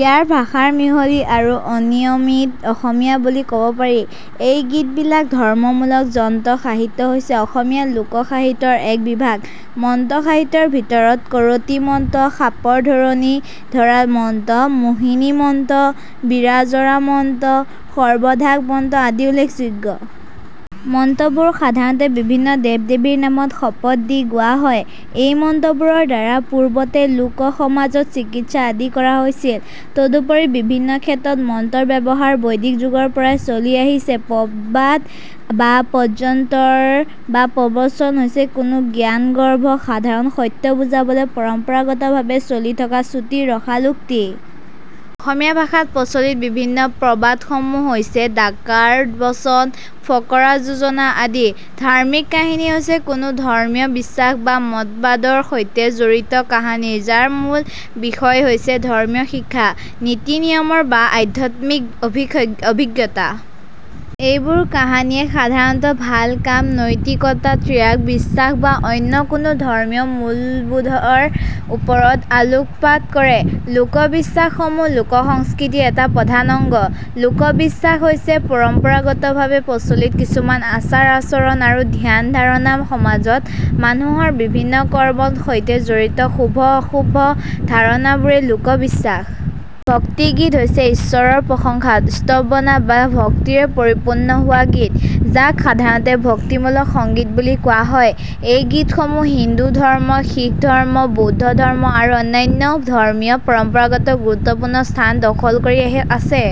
ইয়াৰ ভাষা মিহলি আৰু অনিয়মিত অসমীয়া বুলি ক'ব পাৰি। এই গীতবিলাক ধৰ্মমূলক। মন্ত্ৰ সাহিত্য হৈছে অসমীয়া লোক সাহিত্যৰ এক বিভাগ। মন্ত্ৰ সাহিত্যৰ ভিতৰত কৰতি মন্ত্ৰ, সাপৰ ধৰণী ধৰা মন্ত্ৰ, মোহিনী মন্ত্ৰ, বীৰাজৰা মন্ত্ৰ, সৰ্ব্বঢাক মন্ত্ৰ আদি উল্লেখযোগ্য। মন্ত্ৰবোৰ সাধাৰণতে বিভিন্ন দেৱ-দেৱীৰ নামত শপত দি গোৱা হয়। এই মন্ত্ৰবোৰৰ দ্বাৰা পূৰ্বতে লোক সমাজত চিকিৎসা আদি কৰা হৈছিল। তদুপৰি বিভিন্ন ক্ষেত্ৰত মন্ত্ৰৰ ব্যৱহাৰ বৈদিক যুগৰ পৰাই চলি আহিছে। প্ৰবাদ বা পটন্তৰ বা প্ৰবচন হৈছে কোনো জ্ঞানগৰ্ভ সাধাৰণ সত্য বুজাবলৈ পৰম্পৰাগত ভাৱে চলি থকা চুটি, ৰসাল উক্তি। অসমীয়া ভাষাত প্ৰচলিত বিভিন্ন প্ৰবাদসমূহ হৈছে, ডাকৰ বচন, ফকৰা যোজনা আদি। ধাৰ্মিক কাহিনী হৈছে কোনো ধৰ্মীয় বিশ্বাস বা মতবাদৰ সৈতে জড়িত কাহিনী, যাৰ মূল বিষয় হৈছে ধৰ্মীয় শিক্ষা, নীতি-নিয়ম বা আধ্যাত্মিক অভিজ্ঞতা। এইবোৰ কাহিনীয়ে সাধাৰণত ভাল কাম, নৈতিকতা, ত্যাগ, বিশ্বাস বা অন্য কোনো ধৰ্মীয় মূল্যবোধৰ ওপৰত আলোকপাত কৰে। লোকবিশ্বাস সমূহ লোকসংস্কৃতিৰ এটা প্ৰধান অংগ। লোকবিশ্বাস হৈছে পৰম্পৰাগতভাৱে প্ৰচলিত কিছুমান আচাৰ-আচৰণ আৰু ধ্যান-ধাৰণা। সমাজত মানুহৰ বিভিন্ন কৰ্মৰ সৈতে জড়িত শুভ-অশুভ ধাৰণাবোৰেই লোকবিশ্বাস। ভক্তি গীত হৈছে ঈশ্বৰৰ প্ৰশংসা, স্তবনা বা ভক্তিৰে পৰিপূৰ্ণ হোৱা গীত, যাক সাধাৰণতে ভক্তিমূলক সংগীত বুলি কোৱা হয়। এই গীতসমূহ হিন্দু ধৰ্ম, শিখ ধৰ্ম, বৌদ্ধ ধৰ্ম আৰু অন্যান্য ধৰ্মীয় পৰম্পৰাত গুৰুত্বপূৰ্ণ স্থান দখল কৰি আছে।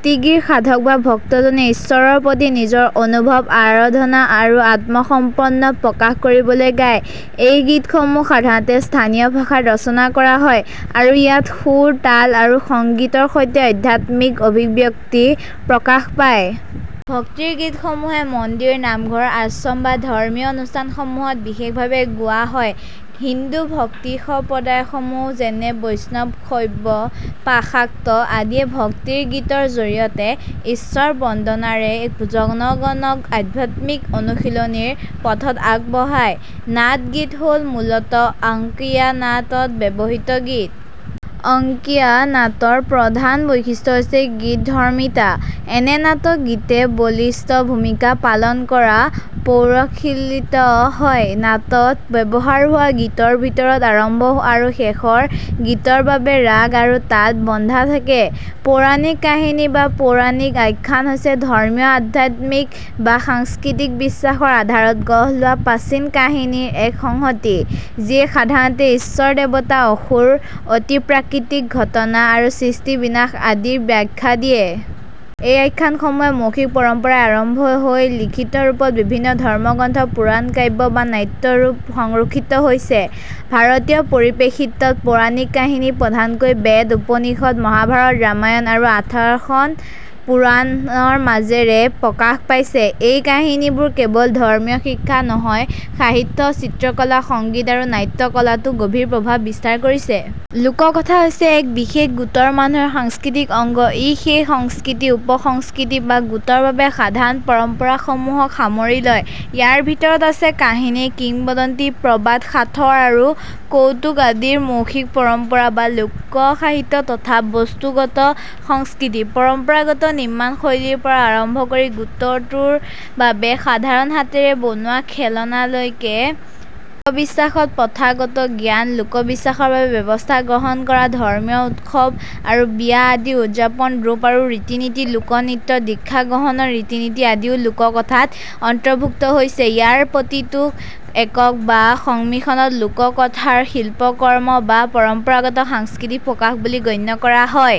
ভক্তিৰ গীত সাধক বা ভক্তজনে ঈশ্বৰৰ প্ৰতি নিজৰ অনুভৱ, আৰাধনা আৰু আত্মসমৰ্পণ প্ৰকাশ কৰিবলৈ গায়। এই গীতসমূহ সাধাৰণতে স্থানীয় ভাষাত ৰচনা কৰা হয় আৰু ইয়াত সুৰ, তাল, আৰু সংগীতৰ সৈতে আধ্যাত্মিক অভিব্যক্তি প্ৰকাশ পায়। ভক্তিৰ গীতসমূহে মন্দিৰ, নামঘৰ, আশ্ৰম বা ধৰ্মীয় অনুষ্ঠানসমূহত বিশেষভাৱে গোৱা হয়। হিন্দু ভক্তিসঁপ্ৰদায়সমূহ যেনে বৈষ্ণৱ, শৈৱ, শাক্ত আদিয়ে ভক্তিৰ গীতৰ জৰিয়তে ঈশ্বৰ-বন্দনাৰে জনগণক আধ্যাত্মিক অনুশীলনৰ পথত আগবঢ়ায়। নাট গীত হ'ল মূলতঃ অংকীয়া নাট ত ব্যৱহৃত গীত। অংকীয়া নাটৰ প্ৰধান বৈশিষ্ট্য হৈছে গীতিধৰ্মিতা। এনে নাটকত গীতে বলিষ্ঠ ভূমিকা পালন কৰা পৰিলক্ষিত হয়। নাটত ব্যৱহাৰ হোৱা গীতৰ ভিতৰত আৰম্ভ আৰু শেষৰ গীতৰ বাবে ৰাগ আৰু তাল বন্ধা থাকে। পৌৰাণিক কাহিনী বা পৌৰাণিক আখ্যান হৈছে ধৰ্মীয়, আধ্যাত্মিক বা সাংস্কৃতিক বিশ্বাসৰ আধাৰত গঢ় লোৱা প্ৰাচীন কাহিনীৰ এক সংহতি, যিয়ে সাধাৰণতে ঈশ্বৰ, দেৱতা, অসুৰ, অতিপ্ৰাকৃতিক ঘটনা আৰু সৃষ্টি-বিনাশ আদিৰ ব্যাখ্যা দিয়ে। এই আখ্যানসমূহ মৌখিক পৰম্পৰাৰে আৰম্ভ হৈ লিখিত ৰূপত বিভিন্ন ধৰ্মগ্ৰন্থ, পুৰাণ, কাব্য বা নাট্যৰূপে সংৰক্ষিত হৈছে। ভাৰতীয় পৰিপ্ৰেক্ষিতত, পৌৰাণিক কাহিনী প্ৰধানকৈ বেদ, উপনিষদ, মহাভাৰত, ৰামায়ণ আৰু আঠৰখন পুৰাণ ৰ মাজেৰে প্ৰকাশ পাইছে। এই কাহিনীবোৰ কেৱল ধৰ্মীয় শিক্ষা নহয়, সাহিত্য, চিত্ৰকলা, সংগীত আৰু নাট্যকলাতো গভীৰ প্ৰভাৱ বিস্তাৰ কৰিছে। লোককথা হৈছে এক বিশেষ গোটৰ মানুহৰ সাংস্কৃতিক অংগ; ই সেই সংস্কৃতি, উপসংস্কৃতি বা গোটৰ বাবে সাধাৰণ পৰম্পৰাসমূহক সামৰি লয়। ইয়াৰ ভিতৰত আছে কাহিনী, কিংবদন্তি, প্ৰবাদ, সাঁথৰ আৰু কৌতুক আদি মৌখিক পৰম্পৰা বা লোক সাহিত্য তথা বস্তুগত সংস্কৃতি, পৰম্পৰাগত নিৰ্মাণ শৈলীৰ পৰা আৰম্ভ কৰি গোটটোৰ বাবে সাধাৰণ হাতেৰে বনোৱা খেলনালৈকে। লোকবিশ্বাসত প্ৰথাগত জ্ঞান, লোকবিশ্বাসৰ বাবে ব্যৱস্থা গ্ৰহণ কৰা, ধৰ্মীয় উৎসৱ আৰু বিয়া আদি উদযাপনৰ ৰূপ আৰু ৰীতি-নীতি, লোকনৃত্য, দীক্ষাগ্ৰহণৰ ৰীতি-নীতি আদিও লোককথাত অন্তৰ্ভুক্ত হৈছে। ইয়াৰে প্ৰতিটোকে একক বা সংমিশ্ৰণত লোককথাৰ শিল্পকৰ্ম বা পৰম্পৰাগত সাংস্কৃতিক প্ৰকাশ বুলি গণ্য কৰা হয়।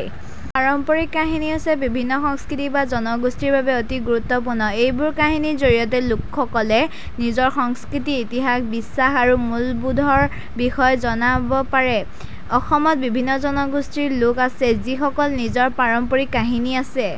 পাৰম্পৰিক কাহিনী হৈছে বিভিন্ন সংস্কৃতি বা জনগোষ্ঠীৰ বাবে অতি গুৰুত্বপূৰ্ণ। এইবোৰ কাহিনীৰ জৰিয়তে লোকসকলে নিজৰ সংস্কৃতি, ইতিহাস, বিশ্বাস আৰু মূল্যবোধৰ বিষয়ে জনা পাৰে। অসমত বিভিন্ন জনগোষ্ঠীৰ লোক আছে, যিসকলৰ নিজৰ পাৰম্পৰিক কাহিনী আছে।